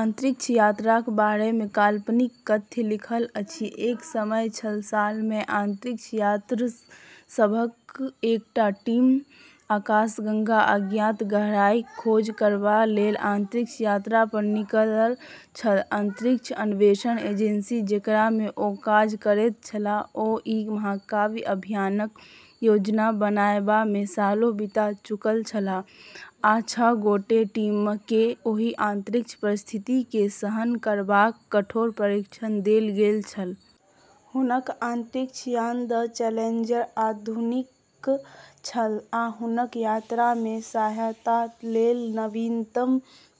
अंतरिक्ष यात्राक बारेमे काल्पनिक कथ्य लिखल अछि। एक समय छल, सालमे अंतरिक्ष यात्रीसभक एकटा टीम आकाशगंगाक अज्ञात गहराईक खोज करबाकलेल अंतरिक्ष यात्रापर निकलल छल। अंतरिक्ष अन्वेषण एजेंसी जेकरामे ओ काज करैत छलाह, ओ ई महाकाव्य अभियानक योजना बनएबामे सालों बिता चुकल छलाह आ छह गोटेक टीमकेँ ओहि अंतरिक्षक परिस्थितिकेँ सहन करबाक कठोर प्रशिक्षण देल गेल छल। हुनक अंतरिक्ष यान 'द चैलेंजर' अत्याधुनिक छल आ हुनक यात्रामे सहायतालेल नवीनतम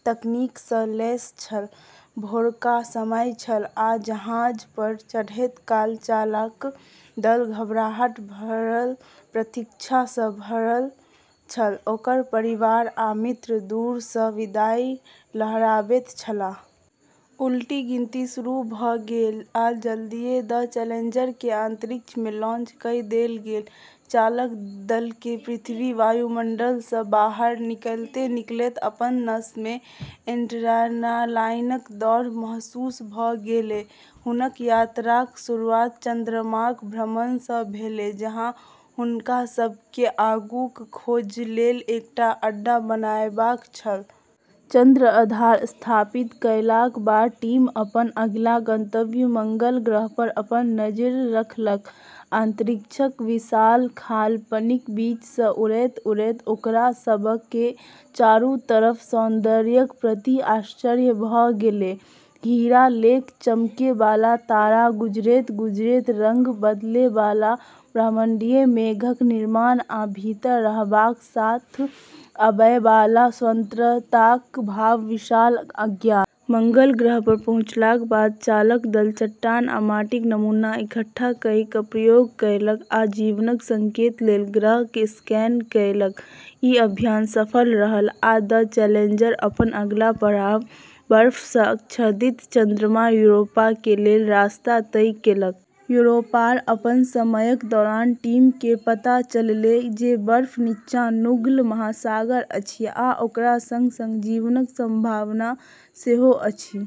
तकनीकसँ लैस छल। भोरका समय छल आ जहाजपर चढ़ैत काल चालक दल घबराहट भरल प्रतीक्षासँ भरल छल, ओकर परिवार आ मित्र दूरसँ विदाई लहराबैत छलाह। उलटी गिनती शुरू भऽ गेलै आ जल्दिये 'द चैलेंजर'केँ अंतरिक्षमे लॉन्च कइ देल गेलै, चालक दलकेँ पृथ्वीक वायुमंडलसँ बाहर निकलैत-निकलैत अपन नसमे एड्रेनालाईनक दौड़ महसूस भऽ गेलै। हुनक यात्राक शुरुआत चंद्रमाक भ्रमणसँ भेलै, जहाँ हुनका सभकेँ आगूक खोजलेल एकटा अड्डा बनाएबाक छल। चंद्र आधार स्थापित कएलाक बाद टीम अपन अगिला गंतव्य- मंगल ग्रहपर अपन नजरि रखलक। अंतरिक्षक विशाल खालीपनक बीचसँ उड़ैत-उड़ैत ओकरा सभकेँ चारू तरफक सौन्दर्यक प्रति आश्चर्य भऽ गेलै- हीरा लेक चमकैबाला तारा, गुजरैत-गुजरैत रंग बदलैबाला ब्रह्मांडीय मेघक निर्माण, आ भीतर रहबाक साथ आबैबाला स्वतंत्रताक भाव विशाल अज्ञात। मंगल ग्रहपर पहुँचलाक बाद चालक दल चट्टान आ माटिक नमूना इकट्ठा कइ कऽ प्रयोग कएलक आ जीवनक संकेतलेल ग्रहकेँ स्कैन कएलक। ई अभियान सफल रहल आ 'द चैलेंजर' अपन अगिला पड़ाव- बर्फसँ आच्छादित चंद्रमा यूरोपाकेँ लेल रस्ता तय कएलक। यूरोपापर अपन समयक दौरान टीमकेँ पता चललै जे बर्फक नीचाँ नुकल महासागर अछि, आ ओकरा संग-संग जीवनक संभावना सेहो अछि।